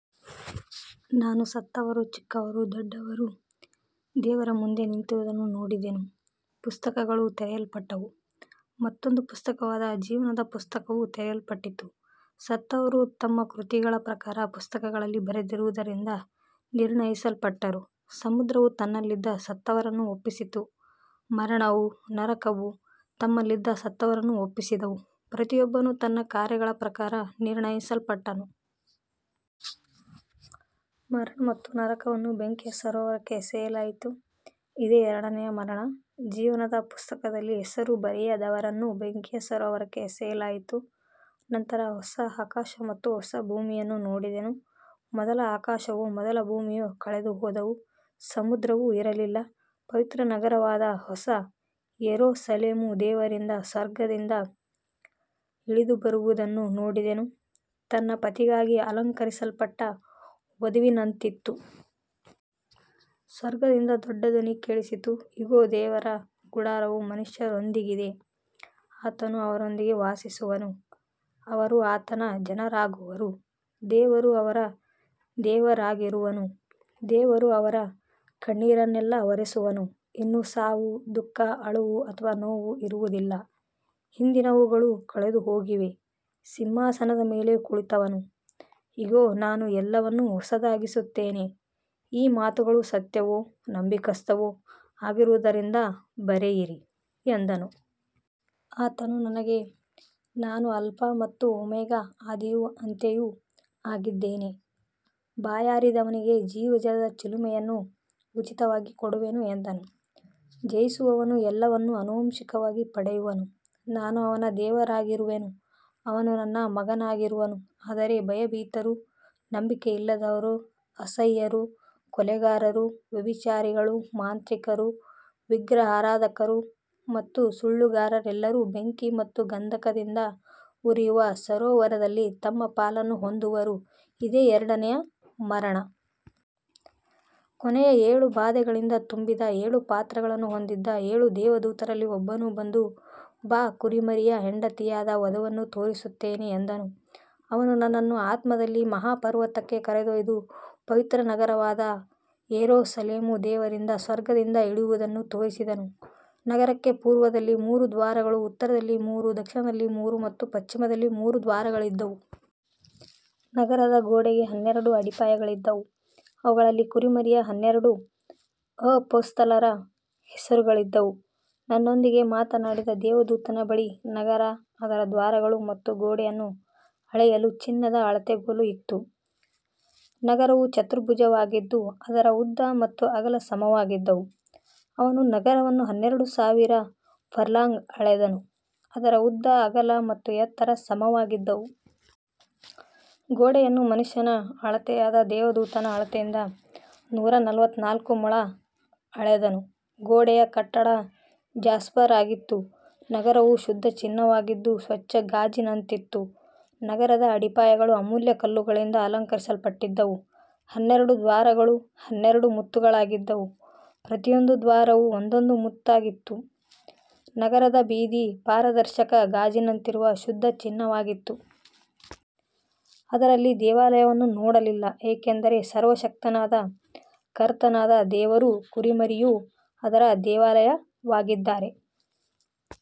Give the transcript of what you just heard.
ನಾನು ಸತ್ತವರು, ಚಿಕ್ಕವರೂ ದೊಡ್ಡವರೂ, ದೇವರ ಮುಂದೆ ನಿಂತಿರುವುದನ್ನು ನೋಡಿದೆನು. ಪುಸ್ತಕಗಳು ತೆರೆಯಲ್ಪಟ್ಟವು, ಮತ್ತೊಂದು ಪುಸ್ತಕವಾದ ಜೀವನದ ಪುಸ್ತಕವೂ ತೆರೆಯಲ್ಪಟ್ಟಿತು. ಸತ್ತವರು ತಮ್ಮ ಕೃತಿಗಳ ಪ್ರಕಾರ ಪುಸ್ತಕಗಳಲ್ಲಿ ಬರೆದಿರುವುದರಿಂದ ನಿರ್ಣಯಿಸಲ್ಪಟ್ಟರು. ಸಮುದ್ರವು ತನ್ನಲ್ಲಿದ್ದ ಸತ್ತವರನ್ನು ಒಪ್ಪಿಸಿತು, ಮರಣವೂ ನರಕವೂ ತಮ್ಮಲ್ಲಿದ್ದ ಸತ್ತವರನ್ನು ಒಪ್ಪಿಸಿದವು. ಪ್ರತಿಯೊಬ್ಬನೂ ತನ್ನ ಕಾರ್ಯಗಳ ಪ್ರಕಾರ ನಿರ್ಣಯಿಸಲ್ಪಟ್ಟನು. ಮರಣ ಮತ್ತು ನರಕವನ್ನು ಬೆಂಕಿಯ ಸರೋವರಕ್ಕೆ ಎಸೆಯಲಾಯಿತು, ಇದೇ ಎರಡನೆಯ ಮರಣ. ಜೀವನದ ಪುಸ್ತಕದಲ್ಲಿ ಹೆಸರು ಬರೆಯದವರನ್ನೂ ಬೆಂಕಿಯ ಸರೋವರಕ್ಕೆ ಎಸೆಯಲಾಯಿತು. ನಂತರ ಹೊಸ ಆಕಾಶ ಮತ್ತು ಹೊಸ ಭೂಮಿಯನ್ನು ನೋಡಿದೆನು. ಮೊದಲ ಆಕಾಶವೂ ಮೊದಲ ಭೂಮಿಯೂ ಕಳೆದುಹೋದವು, ಸಮುದ್ರವೂ ಇರಲಿಲ್ಲ. ಪವಿತ್ರನಗರವಾದ ಹೊಸ ಯೆರೂಸಲೇಮು ದೇವರಿಂದ ಸ್ವರ್ಗದಿಂದ ಇಳಿದುಬರುವುದನ್ನು ನೋಡಿದೆನು, ತನ್ನ ಪತಿಗಾಗಿ ಅಲಂಕರಿಸಲ್ಪಟ್ಟ ವಧುವಿನಂತಿತ್ತು. ಸ್ವರ್ಗದಿಂದ ದೊಡ್ಡ ಧ್ವನಿ ಕೇಳಿಸಿತು, ಇಗೋ, ದೇವರ ಗುಡಾರವು ಮನುಷ್ಯರೊಂದಿಗಿದೆ, ಆತನು ಅವರೊಂದಿಗೆ ವಾಸಿಸುವನು, ಅವರು ಆತನ ಜನರಾಗುವರು, ದೇವರು ಅವರ ದೇವರಾಗಿರುವನು. ದೇವರು ಅವರ ಕಣ್ಣೀರನ್ನೆಲ್ಲ ಒರೆಸುವನು. ಇನ್ನು ಸಾವು, ದುಃಖ, ಅಳುವು ಅಥವಾ ನೋವು ಇರುವುದಿಲ್ಲ, ಹಿಂದಿನವುಗಳು ಕಳೆದುಹೋಗಿವೆ. ಸಿಂಹಾಸನದ ಮೇಲೆ ಕುಳಿತವನು, ಇಗೋ, ನಾನು ಎಲ್ಲವನ್ನೂ ಹೊಸದಾಗಿಸುತ್ತೇನೆ, ಈ ಮಾತುಗಳು ಸತ್ಯವೂ ನಂಬಿಗಸ್ತವೂ ಆಗಿರುವುದರಿಂದ ಬರೆಯಿರಿ ಎಂದನು. ಆತನು ನನಗೆ, ನಾನು ಆಲ್ಫಾ ಮತ್ತು ಓಮೆಗಾ, ಆದಿಯೂ ಅಂತ್ಯವೂ ಆಗಿದ್ದೇನೆ, ಬಾಯಾರಿದವನಿಗೆ ಜೀವಜಲದ ಚಿಲುಮೆಯನ್ನು ಉಚಿತವಾಗಿ ಕೊಡುವೆನು ಎಂದನು. ಜಯಿಸುವವನು ಎಲ್ಲವನ್ನೂ ಆನುವಂಶಿಕವಾಗಿ ಪಡೆಯುವನು, ನಾನು ಅವನ ದೇವರಾಗಿರುವೆನು, ಅವನು ನನ್ನ ಮಗನಾಗಿರುವನು. ಆದರೆ ಭಯಭೀತರು, ನಂಬಿಕೆಯಿಲ್ಲದವರು, ಅಸಹ್ಯರು, ಕೊಲೆಗಾರರು, ವ್ಯಭಿಚಾರಿಗಳು, ಮಾಂತ್ರಿಕರು, ವಿಗ್ರಹಾರಾಧಕರು ಮತ್ತು ಸುಳ್ಳುಗಾರರೆಲ್ಲರೂ ಬೆಂಕಿ ಮತ್ತು ಗಂಧಕದಿಂದ ಉರಿಯುವ ಸರೋವರದಲ್ಲಿ ತಮ್ಮ ಪಾಲನ್ನು ಹೊಂದುವರು, ಇದೇ ಎರಡನೆಯ ಮರಣ. ಕೊನೆಯ ಏಳು ಬಾಧೆಗಳಿಂದ ತುಂಬಿದ ಏಳು ಪಾತ್ರಗಳನ್ನು ಹೊಂದಿದ್ದ ಏಳು ದೇವದೂತರಲ್ಲಿ ಒಬ್ಬನು ಬಂದು, ಬಾ, ಕುರಿಮರಿಯ ಹೆಂಡತಿಯಾದ ವಧುವನ್ನು ತೋರಿಸುತ್ತೇನೆ ಎಂದನು. ಅವನು ನನ್ನನ್ನು ಆತ್ಮದಲ್ಲಿ ಮಹಾಪರ್ವತಕ್ಕೆ ಕರೆದೊಯ್ದು, ಪವಿತ್ರನಗರವಾದ ಯೆರೂಸಲೇಮು ದೇವರಿಂದ ಸ್ವರ್ಗದಿಂದ ಇಳಿಯುವುದನ್ನು ತೋರಿಸಿದನು. ನಗರಕ್ಕೆ ಪೂರ್ವದಲ್ಲಿ ಮೂರು ದ್ವಾರಗಳು, ಉತ್ತರದಲ್ಲಿ ಮೂರು, ದಕ್ಷಿಣದಲ್ಲಿ ಮೂರು ಮತ್ತು ಪಶ್ಚಿಮದಲ್ಲಿ ಮೂರು ದ್ವಾರಗಳಿದ್ದವು. ನಗರದ ಗೋಡೆಗೆ ಹನ್ನೆರಡು ಅಡಿಪಾಯಗಳಿದ್ದವು, ಅವುಗಳಲ್ಲಿ ಕುರಿಮರಿಯ ಹನ್ನೆರಡು ಅಪೊಸ್ತಲರ ಹೆಸರುಗಳಿದ್ದವು. ನನ್ನೊಂದಿಗೆ ಮಾತನಾಡಿದ ದೇವದೂತನ ಬಳಿ ನಗರ, ಅದರ ದ್ವಾರಗಳು ಮತ್ತು ಗೋಡೆಯನ್ನು ಅಳೆಯಲು ಚಿನ್ನದ ಅಳತೆಗೋಲು ಇತ್ತು. ನಗರವು ಚತುರ್ಭುಜವಾಗಿದ್ದು, ಅದರ ಉದ್ದ ಮತ್ತು ಅಗಲ ಸಮವಾಗಿದ್ದವು. ಅವನು ನಗರವನ್ನು ಹನ್ನೆರಡು ಸಾವಿರ ಫರ್ಲಾಂಗ್ ಅಳೆದನು, ಅದರ ಉದ್ದ, ಅಗಲ ಮತ್ತು ಎತ್ತರ ಸಮವಾಗಿದ್ದವು. ಗೋಡೆಯನ್ನು ಮನುಷ್ಯನ ಅಳತೆಯಾದ ದೇವದೂತನ ಅಳತೆಯಿಂದ ನೂರ ನಲವತ್ತನಾಲ್ಕು ಮೊಳ ಅಳೆದನು. ಗೋಡೆಯ ಕಟ್ಟಡ ಜಾಸ್ಪರ್ ಆಗಿತ್ತು, ನಗರವು ಶುದ್ಧ ಚಿನ್ನವಾಗಿದ್ದು, ಸ್ವಚ್ಛ ಗಾಜಿನಂತಿತ್ತು. ನಗರದ ಅಡಿಪಾಯಗಳು ಅಮೂಲ್ಯ ಕಲ್ಲುಗಳಿಂದ ಅಲಂಕರಿಸಲ್ಪಟ್ಟಿದ್ದವು, ಹನ್ನೆರಡು ದ್ವಾರಗಳು ಹನ್ನೆರಡು ಮುತ್ತುಗಳಾಗಿದ್ದವು, ಪ್ರತಿಯೊಂದು ದ್ವಾರವೂ ಒಂದೊಂದು ಮುತ್ತಾಗಿತ್ತು. ನಗರದ ಬೀದಿ ಪಾರದರ್ಶಕ ಗಾಜಿನಂತಿರುವ ಶುದ್ಧ ಚಿನ್ನವಾಗಿತ್ತು. ಅದರಲ್ಲಿ ದೇವಾಲಯವನ್ನು ನೋಡಲಿಲ್ಲ, ಏಕೆಂದರೆ ಸರ್ವಶಕ್ತನಾದ ಕರ್ತನಾದ ದೇವರೂ ಕುರಿಮರಿಯೂ ಅದರ ದೇವಾಲಯವಾಗಿದ್ದಾರೆ.